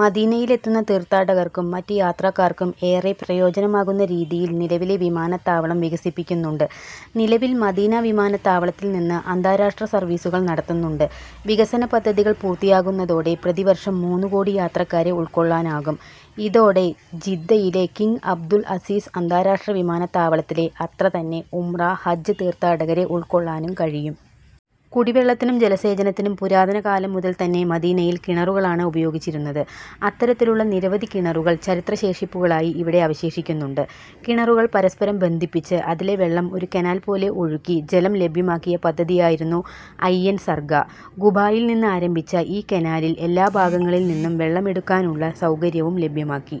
മദീനയിലെത്തുന്ന തീർഥാടകർക്കും മറ്റു യാത്രക്കാർക്കും ഏറെ പ്രയോജനമാകുന്ന രീതിയിൽ നിലവിലെ വിമാനത്താവളം വികസിപ്പിക്കുന്നുണ്ട്. നിലവിൽ മദീന വിമാനത്താവളത്തിൽ നിന്ന് അന്താരാഷ്ട്ര സർവീസുകൾ നടത്തുന്നുണ്ട്. വികസന പദ്ധതികൾ പൂർത്തിയാകുന്നതോടെ പ്രതിവർഷം മൂന്നുകോടി യാത്രക്കാരെ ഉൾക്കൊള്ളാനാകും. ഇതോടെ ജിദ്ദയിലെ കിങ് അബ്ദുൽ അസീസ് അന്താരാഷ്ട്ര വിമാനത്താവളത്തിലെ അത്ര തന്നെ ഉംറ, ഹജ്ജ് തീർത്ഥാടകരെ ഉൾക്കൊള്ളാനും കഴിയും. കുടിവെള്ളത്തിനും ജലസേചനത്തിനും പുരാതന കാലം മുതൽ തന്നെ മദീനയിൽ കിണറുകൾ ആണ് ഉപയോഗിച്ചിരുന്നത്. അത്തരത്തിലുള്ള നിരവധി കിണറുകൾ ചരിത്ര ശേഷിപ്പുകളായി ഇവിടെ അവശേഷിക്കുന്നുണ്ട്. കിണറുകൾ പരസ്പരം ബന്ധിപ്പിച്ചു അതിലെ വെള്ളം ഒരു കനാൽ പോലെ ഒഴുക്കി ജലം ലഭ്യമാക്കിയ പദ്ധതിയായിരുന്നു ഐൻ സർഖ. ഖുബായിൽ നിന്നാരംഭിച്ച ഈ കനാലിൽ എല്ലാ ഭാഗങ്ങളിൽ നിന്നും വെള്ളം എടുക്കാനുള്ള സൗകര്യവും ലഭ്യമാക്കി.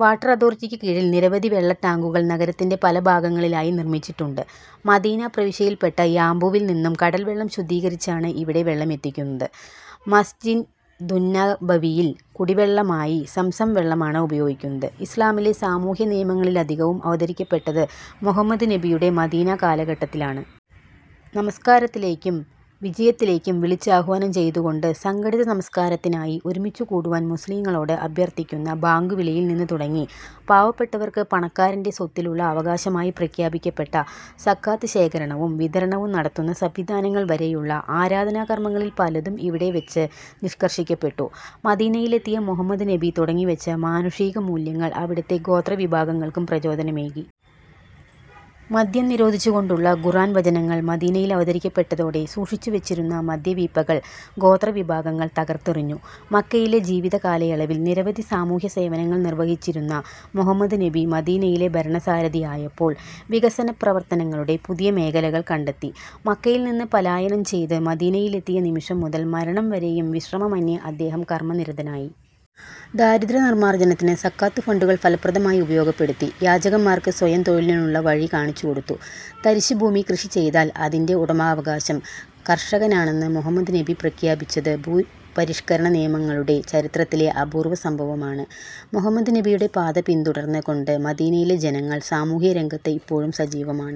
വാട്ടർ അതോറിറ്റിക്കു കീഴിൽ നിരവധി വെള്ള ടാങ്കുകൾ നഗരത്തിന്റെ പല ഭാഗങ്ങളിലായി നിർമിച്ചിട്ടുണ്ട്. മദീന പ്രവിശ്യയിൽ പെട്ട യാമ്പുവിൽ നിന്നും കടൽ വെള്ളം ശുദ്ധീകരിച്ചാണ് ഇവിടെ വെള്ളമെത്തിക്കുന്നത്. മസ്ജിദുന്നബവിയിൽ കുടിവെള്ളമായി സംസം വെള്ളമാണ് ഉപയോഗിക്കുന്നത്. ഇസ്ലാമിലെ സാമൂഹ്യ നിയമങ്ങളിലധികവും അവതരിക്കപ്പെട്ടത് മുഹമ്മദ് നബിയുടെ മദീനാ കാലഘട്ടത്തിലാണ്. നമസ്കാരത്തിലേക്കും വിജയത്തിലേക്കും വിളിച്ചാഹ്വാനം ചെയ്തുകൊണ്ട് സംഘടിത നമസ്കാരത്തിനായി ഒരുമിച്ച് കൂടുവാൻ മുസ്ലിംകളോട് അഭ്യർഥിക്കുന്ന ബാങ്കുവിളിയിൽ നിന്ന് തുടങ്ങി പാവപ്പെട്ടവർക്ക് പണക്കാരന്റെ സ്വത്തിലുള്ള അവകാശമായി പ്രഖ്യാപിക്കപ്പെട്ട സകാത്ത് ശേഖരണവും വിതരണവും നടത്തുന്ന സംവിധാനങ്ങൾ വരെയുള്ള ആരാധനാകർമങ്ങളിൽ പലതും ഇവിടെ വെച്ച് നിഷ്കർഷിക്കപ്പെട്ടു. മദീനയിലെത്തിയ മുഹമ്മദ് നബി തുടങ്ങിവെച്ച മാനുഷിക മൂല്യങ്ങൾ അവിടുത്തെ ഗോത്ര വിഭാഗങ്ങൾക്കും പ്രചോദനമേകി. മദ്യം നിരോധിച്ചുകൊണ്ടുള്ള ഖുർആൻ വചനങ്ങൾ മദീനയിൽ അവതരിക്കപ്പെട്ടതോടെ സൂക്ഷിച്ചു വെച്ചിരുന്ന മദ്യവീപ്പകൾ ഗോത്ര വിഭാഗങ്ങങ്ങൾ തകർത്തെറിഞ്ഞു. മക്കയിലെ ജീവിത കാലയളവിൽ നിരവധി സാമൂഹ്യ സേവനങ്ങൾ നിർവഹിച്ചിരുന്ന മുഹമ്മദ് നബി മദീനയിലെ ഭരണസാരഥിയായപ്പോൾ വികസന പ്രവർത്തനങ്ങളുടെ പുതിയ മേഖലകൾ കണ്ടെത്തി. മക്കയിൽ നിന്ന് പലായനം ചെയ്ത് മദീനയിൽ എത്തിയ നിമിഷം മുതൽ മരണം വരെയും വിശ്രമമന്യേ അദ്ദേഹം കർമ്മ നിരതനായി. ദാരിദ്ര്യ നിർമാർജ്ജനത്തിന് സക്കാത്ത് ഫണ്ടുകൾ ഫലപ്രദമായി ഉപയോഗപ്പെടുത്തി. യാചകന്മാർക്ക് സ്വയം തൊഴിലിനുള്ള വഴി കാണിച്ചുകൊടുത്തു. തരിശ് ഭൂമി കൃഷി ചെയ്താൽ അതിന്റെ ഉടമാവകാശം കർഷകനാണെന്ന് മുഹമ്മദ് നബി പ്രഖ്യാപിച്ചത് ഭൂപരിഷ്കരണ നിയമങ്ങളുടെ ചരിത്രത്തിലെ അപൂർവ സംഭവമാണ്. മുഹമ്മദ് നബിയുടെ പാത പിന്തുടർന്ന് കൊണ്ട് മദീനയിലെ ജനങ്ങൾ സാമൂഹിക രംഗത്ത് ഇപ്പോഴും സജീവമാണ്.